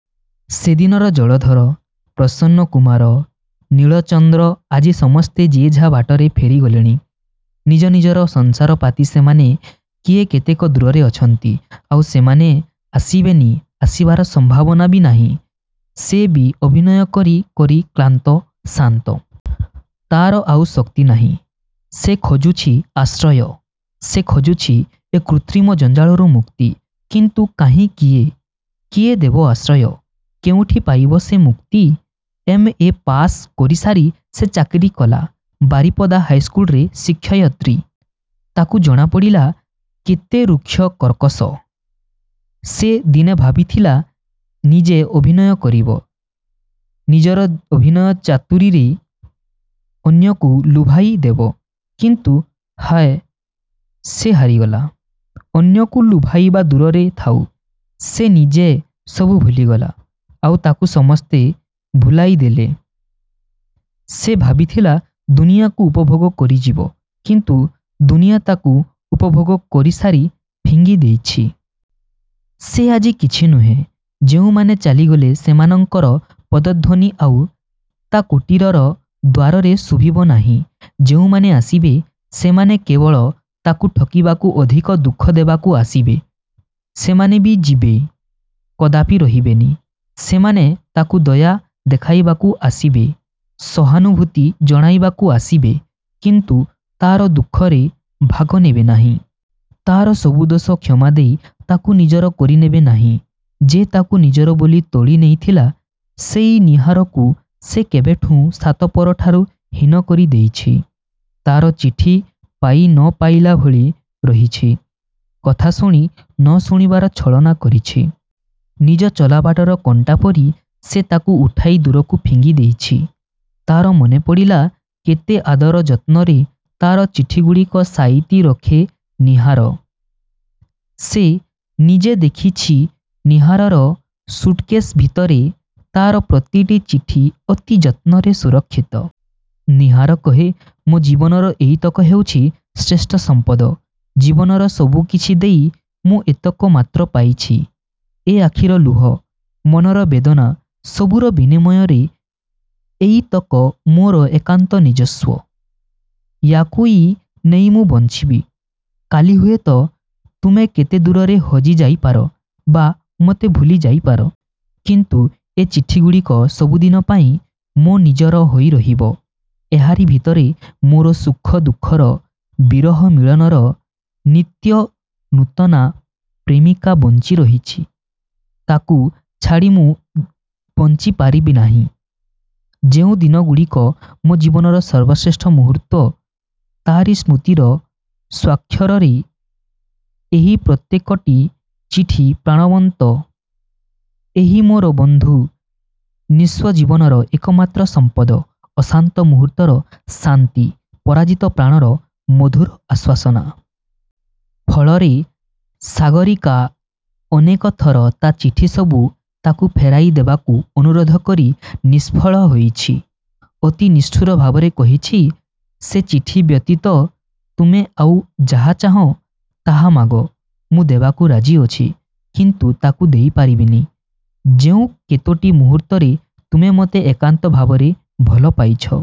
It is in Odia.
ସେଦିନର ଜଳଧର, ପ୍ରସନ୍ନ କୁମାର, ନୀଳଚନ୍ଦ୍ର ଆଜି ସମସ୍ତେ ଯେଝା ବାଟରେ ଫେରି ଗଲେଣି। ନିଜ ନିଜର ସଂସାର ପାତି ସେମାନେ କିଏ କେତେ ଦୂରରେ ଅଛନ୍ତି। ଆଉ ସେମାନେ ଆସିବେନି-ଆସିବାର ସମ୍ଭାବନା ବି ନାହିଁ। ସେ ବି ଅଭିନୟ କରି କରି କ୍ଳାନ୍ତ, ଶାନ୍ତ। ତା'ର ଆଉ ଶକ୍ତି ନାହିଁ। ସେ ଖୋଜୁଛି ଆଶ୍ରୟ; ସେ ଖୋଜୁଛି ଏ କୃତ୍ରିମ ଜଞ୍ଜାଳରୁ ମୁକ୍ତି। କିନ୍ତୁ କାହିଁ କିଏ? କିଏ ଦେବ ଆଶ୍ରୟ; କେଉଁଠି ପାଇବ ସେ ମୁକ୍ତି। ଏମ୍. ଏ. ପାସ୍ କରିସାରି ସେ ଚାକିରି କଲା। ବାରିପଦା ହାଇସ୍କୁଲରେ ଶିକ୍ଷୟିତ୍ରୀ। ତାକୁ ଜଣାପଡ଼ିଲା କେତେ ଋକ୍ଷ କର୍କଶ। ସେ ଦିନେ ଭାବିଥିଲା ନିଜେ ଅଭିନୟ କରିବ। ନିଜର ଅଭିନୟ ଚାତୁରୀରେ ଅନ୍ୟକୁ ଭୁଲାଇ ଦେବ। କିନ୍ତୁ ହାୟ-ସେ ହାରିଗଲା। ଅନ୍ୟକୁ ଭୁଲାଇବା ଦୂରରେ ଥାଉ-ସେ ନିଜେ ସବୁ ଭୁଲିଗଲା; ଆଉ ତାକୁ ସମସ୍ତେ ଭୁଲାଇ ଦେଲେ। ସେ ଭାବିଥିଲା ଦୁନିଆକୁ ଉପଭୋଗ କରିଯିବ-କିନ୍ତୁ ଦୁନିଆ ତାକୁ ଉପଭୋଗ କରିସାରି ଫିଙ୍ଗି ଦେଇଛି। ସେ ଆଜି କିଛି ନୁହେଁ-ଯେଉଁମାନେ ଚାଲିଗଲେ ସେମାନଙ୍କର ପଦଧ୍ୱନି ଆଉ ତା' କୁଟୀର ଦ୍ୱାରରେ ଶୁଭିବ ନାହିଁ। ଯେଉଁମାନେ ଆସିବେ; ସେମାନେ କେବଳ ତାକୁ ଠକିବାକୁ ଅଧିକ ଦୁଃଖ ଦେବାକୁ ଆସିବେ। ସେମାନେ ବି ଯିବେ; କଦାପି ରହିବେନି। ସେମାନେ ତାକୁ ଦୟା ଦେଖାଇବାକୁ ଆସିବେ; ସହାନୁଭୂତି ଜଣାଇବାକୁ ଆସିବେ; କିନ୍ତୁ ତା'ର ଦୁଃଖରେ ଭାଗ ନେବେ ନାହିଁ। ତାର ସବୁ ଦୋଷ କ୍ଷମାଦେଇ ତାକୁ ନିଜର କରିନେବେ ନାହିଁ। ଯେ ତାକୁ ନିଜର ବୋଲି ତୋଳି ନେଇଥିଲା-ସେଇ ନୀହାରକୁ ସେ କେବେଠୁଁ ସାତପର ଠାରୁ ହୀନ କରିଦେଇଛି। ତା'ର ଚିଠି ପାଇ; ନ। ପାଇଲା ଭଳି ରହିଛି। କଥା ଶୁଣି, ନ ଶୁଣିବାର ଛଳନା କରିଛି। ନିଜ ଚଲା ବାଟର କଣ୍ଟା ପରି ସେ ତାକୁ ଉଠାଇ ଦୂରକୁ ଫିଙ୍ଗି ଦେଇଛି-। ତା'ର ମନେପଡ଼ିଲା କେତେ ଆଦର ଯତ୍ନରେ ତା'ର ଚିଠିଗୁଡ଼ିକ ସାଇତି ରଖେ ନୀହାର-। ସେ ନିଜେ ଦେଖିଛି ନୀହାରର ସୁଟକେଶ୍ ଭିତରେ ତା'ର ପ୍ରତିଟି ଚିଠି ଅତି ଯତ୍ନରେ ସୁରକ୍ଷିତ। ନୀହାର କହେ-''ମୋ ଜୀବନର ଏଇତକ ହେଉଛି ଶ୍ରେଷ୍ଠ ସମ୍ପଦ। ଜୀବନର ସବୁ କିଛି ଦେଇ ମୁଁ ଏତିକି ମାତ୍ର ପାଇଛି। ଏ ଆଖିର ଲୁହ, ମନର ବେଦନା ସବୁର ବିନିମୟରେ ଏଇତକ ମୋର ଏକାନ୍ତ ନିଜସ୍ୱ। ୟାକୁଇ ନେଇ ମୁଁ ବଞ୍ଚିବି। କାଲି ହୁଏତ ତୁମେ କେତେ ଦୂରରେ ହଜି ଯାଇପାର, ବା ମୋତେ ଭୁଲି ଯାଇପାର। କିନ୍ତୁ ଏ ଚିଠିଗୁଡ଼ିକ ସବୁଦିନ ପାଇଁ ମୋର ନିଜର ହୋଇ ରହିବ-। ଏହାରି ଭିତରେ ମୋର ସୁଖ ଦୁଃଖର, ବିରହ ମିଳନର, ନିତ୍ୟ-ନୂତନା ପ୍ରେମିକା ବଞ୍ଚି ରହିଛି-। ତାକୁ ଛାଡ଼ି ମୁଁ ବଞ୍ଚି ପାରିବି ନାହିଁ। ଯେଉଁ ଦିନଗୁଡ଼ିକ ମୋ ଜୀବନର ସର୍ବଶ୍ରେଷ୍ଠ ମୁହୂର୍ତ୍ତ; ତାରି ସ୍ମୃତିର ସ୍ୱାକ୍ଷରରେ ଏହି ପ୍ରତ୍ୟେକଟି ଚିଠି ପ୍ରାଣବନ୍ତ-ଏହି ମୋର ବନ୍ଧୁ-ନିସ୍ୱ ଜୀବନର ଏକମାତ୍ର ସମ୍ପଦ-ଅଶାନ୍ତ ମୁହୂର୍ତ୍ତର ଶାନ୍ତି-ପରାଜିତ ପ୍ରାଣର ମଧୁର ଆଶ୍ୱାସନା। '' ଫଳରେ ସାଗରୀକା ଅନେକଥର ତା' ଚିଠି ସବୁ ତାକୁ ଫେରାଇ ଦେବାକୁ ଅନୁରୋଧ କରି ନିଷ୍ଫଳ ହୋଇଛି-। ଅତି ନିଷ୍ଠୁର ଭାବରେ କହିଛି-'' ସେ ଚିଠି ବ୍ୟତୀତ ତୁମେ ଆଉ ଯାହା ଚାହଁ-ତାହା ମାଗ-। ମୁଁ ଦେବାକୁ ରାଜି ଅଛି। କିନ୍ତୁ ତା'କୁ ଦେଇପାରିବିନି। ଯେଉଁ କେତୋଟି ମୁହୂର୍ତ୍ତରେ ତୁମେ ମୋତେ ଏକାନ୍ତ ଭାବରେ ଭଲ ପାଇଛ;